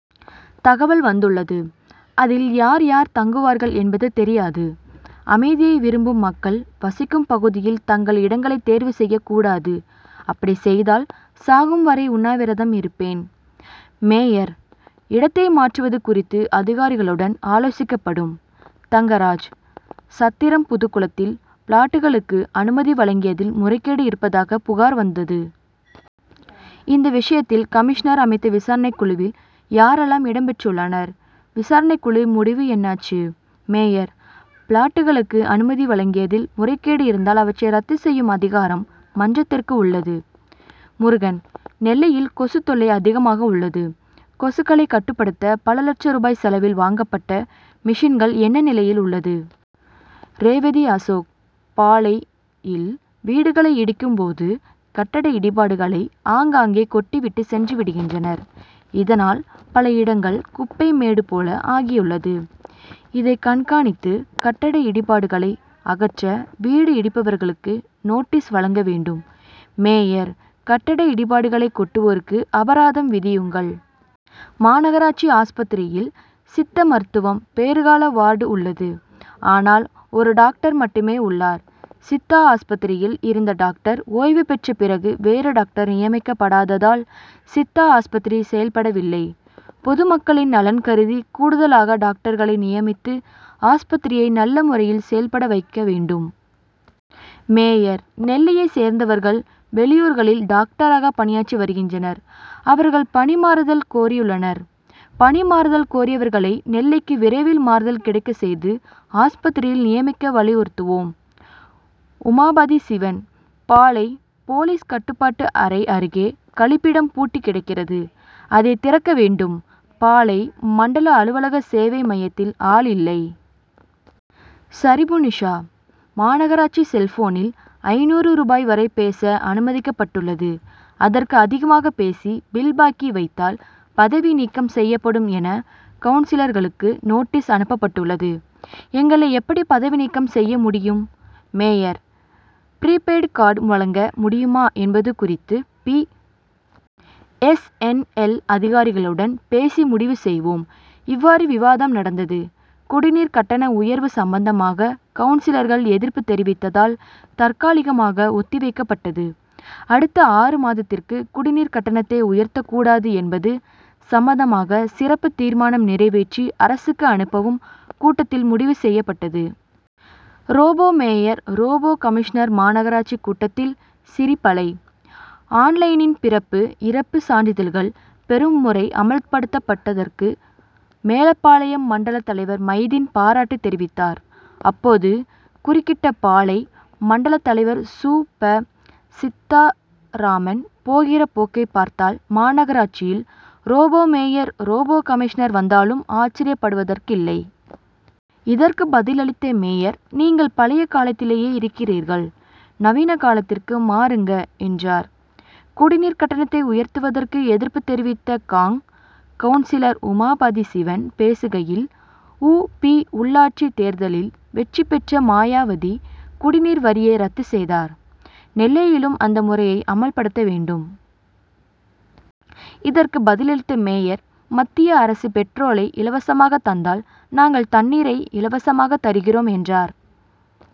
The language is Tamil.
தகவல் வந்துள்ளது அதில் யார் யார் தங்குவார்கள் என்பது தெரியாது. அமைதியை விரும்பும் மக்கள் வசிக்கும் பகுதியில் தங்கும் இடங்களை தேர்வு செய்யக் கூடாது. அப்படி செய்தால் சாகும் வரை உண்ணாவிரதம் இருப்பேன். மேயர்: இடத்தை மாற்றுவது குறித்து அதிகாரிகளுடன் ஆலோசிக்கப்படும். தங்கராஜ்: சத்திரம் புதுக்குளத்தில் பிளாட்டுகளுக்கு அனுமதி வழங்கியதில் முறைகேடு இருப்பதாக புகார் வந்தது. இந்த விஷயத்தில் கமிஷனர் அமைத்த விசாரணைக்குழுவில் யாரெல்லாம் இடம் பெற்றுள்ளனர். விசாரணைக்குழு முடிவு என்னாச்சு மேயர்: பிளாட்டுகளுக்கு அனுமதி வழங்கியதில் முறைகேடு இருந்தால் அவற்றை ரத்து செய்யும் அதிகாரம் மன்றத்திற்கு உள்ளது. முருகன்: நெல்லையில் கொசுத் தொல்லை அதிகமாக உள்ளது. கொசுக்களை கட்டுப்படுத்த பல லட்ச ரூபாய் செலவில் வாங்கப்பட்ட மிஷின்கள் என்ன நிலையில் உள்ளது. ரேவதிஅசோக்: பாளை யில் வீடுகளை இடிக்கும் போது கட்டட இடிபாடுகளை ஆங்காங்கே கொட்டிவிட்டு சென்றுவிடுகின்றனர். இதனால் பல இடங்கள் குப்பை மேடு போல ஆகியுள்ளது. இதை கண்காணித்து கட்டட இடிபாடுகளை அகற்ற வீடு இடிப்பவர்களுக்கு நோட்டீஸ் வழங்கவேண்டும். மேயர்: கட்டட இடிபாடுகளை கொட்டுவோருக்கு அபராதம் விதியுங்கள். மாநகராட்சி ஆஸ்பத்திரியில் சித்த மருத்துவம், பேறுகால வார்டு உள்ளது. ஆனால் ஒரு டாக்டர் மட்டுமே உள்ளார். சித்தா ஆஸ்பத்திரியில் இருந்த டாக்டர் ஓய்வு பெற்ற பிறகு வேறு டாக்டர் நியமிக்கப்படாததால் சித்தா ஆஸ்பத்திரி செயல்படவில்லை. பொதுமக்களின் நலன் கருதி கூடுதலாக டாக்டர்களை நியமித்து ஆஸ்பத்திரியை நல்ல முறையில் செயல்படவைக்கவேண்டும். மேயர்: நெல்லையை சேர்ந்தவர்கள் வெளியூர்களில் டாக்டராக பணியாற்றி வருகின்றனர். அவர்கள் பணிமாறுதல் கோரியுள்ளனர். பணிமாறுதல் கோரியவர்களை நெல்லைக்கு விரைவில் மாறுதல் கிடைக்க செய்து ஆஸ்பத்திரியில் நியமிக்க வலியுறுத்துவோம். உமாபதிசிவன்: பாளை போலீஸ் கட்டுப்பாட்டு அறை அருகே கழிப்பிடம் பூட்டி கிடக்கிறது. அதை திறக்கவேண்டும். பாளை மண்டல அலுவலக சேவை மையத்தில் ஆள் இல்லை. சரிபுநிஷா: மாநகராட்சி செல்போனில் ஐந்நூறு ரூபாய் வரை பேச அனுமதிக்கப்பட்டுள்ளது. அதற்கு அதிகமாக பேசி பில் பாக்கி வைத்தால் பதவி நீக்கம் செய்யப்படும் என கவுன்சிலர்களுக்கு நோட்டீஸ் அனுப்பப்பட்டுள்ளது. எங்களை எப்படி பதவிநீக்கம் செய்யமுடியும். மேயர்: ப்ரிபெய்டு கார்டு வழங்க முடியுமா என்பது குறித்து பி. எஸ். என். எல். அதிகாரிகளுடன் பேசி முடிவு செய்வோம். இவ்வாறு விவாதம் நடந்தது. குடிநீர் கட்டண உயர்வு சம்பந்தமாக கவுன்சிலர்கள் எதிர்ப்பு தெரிவித்ததால் தற்காலிகமாக ஒத்திவைக்கப்பட்டது. அடுத்த ஆறு மாதத்திற்கு குடிநீர் கட்டணத்தை உயர்த்தக் கூடாது என்பது சம்பந்தமாக சிறப்பு தீர்மானம் நிறைவேற்றி அரசுக்கு அனுப்பவும் கூட்டத்தில் முடிவு செய்யப்பட்டது. ரோபோ மேயர்-ரோபோ கமிஷனர் மாநகராட்சி கூட்டத்தில் சிரிப்பலை ஆன்லைனின் பிறப்பு இறப்பு சான்றிதழ்கள் பெறும் முறை அமல்படுத்தப்பட்டுள்ளதற்கு மேலப்பாளையம் மண்டல தலைவர் மைதீன் பாராட்டு தெரிவித்தார். அப்போது குறுக்கிட்ட பாளைமண்டல தலைவர் சுப. சீத்தாராமன் போகிற போக்கை பார்த்தால் மாநகராட்சியில் ரோபோ மேயர் ரோபோ கமிஷனர் வந்தாலும் ஆச்சர்யபடுவதற்கில்லை. இதற்கு பதிலளித்த மேயர் நீங்கள் பழைய காலத்திலேயே இருக்கிறீர்கள். நவீன காலத்திற்கு மாறுங்க என்றார். குடிநீர் கட்டணத்தை உயர்த்துவதற்கு எதிர்ப்பு தெரிவித்து காங் கவுன்சிலர் உமாபதிசிவன் பேசுகையில், உ. பி உள்ளாட்சி தேர்தலில் வெற்றிபெற்ற மாயாவதி குடிநீர் வரியை ரத்து செய்தார் நெல்லையிலும் அந்த முறையை அமல்படுத்தவேண்டும். இதற்கு பதிலளித்த மேயர் மத்திய அரசு பெட்ரோலை இலவசமாக தந்தால் நாங்கள் தண்ணீரை இலவசமாக தருகிறோம் என்றார்.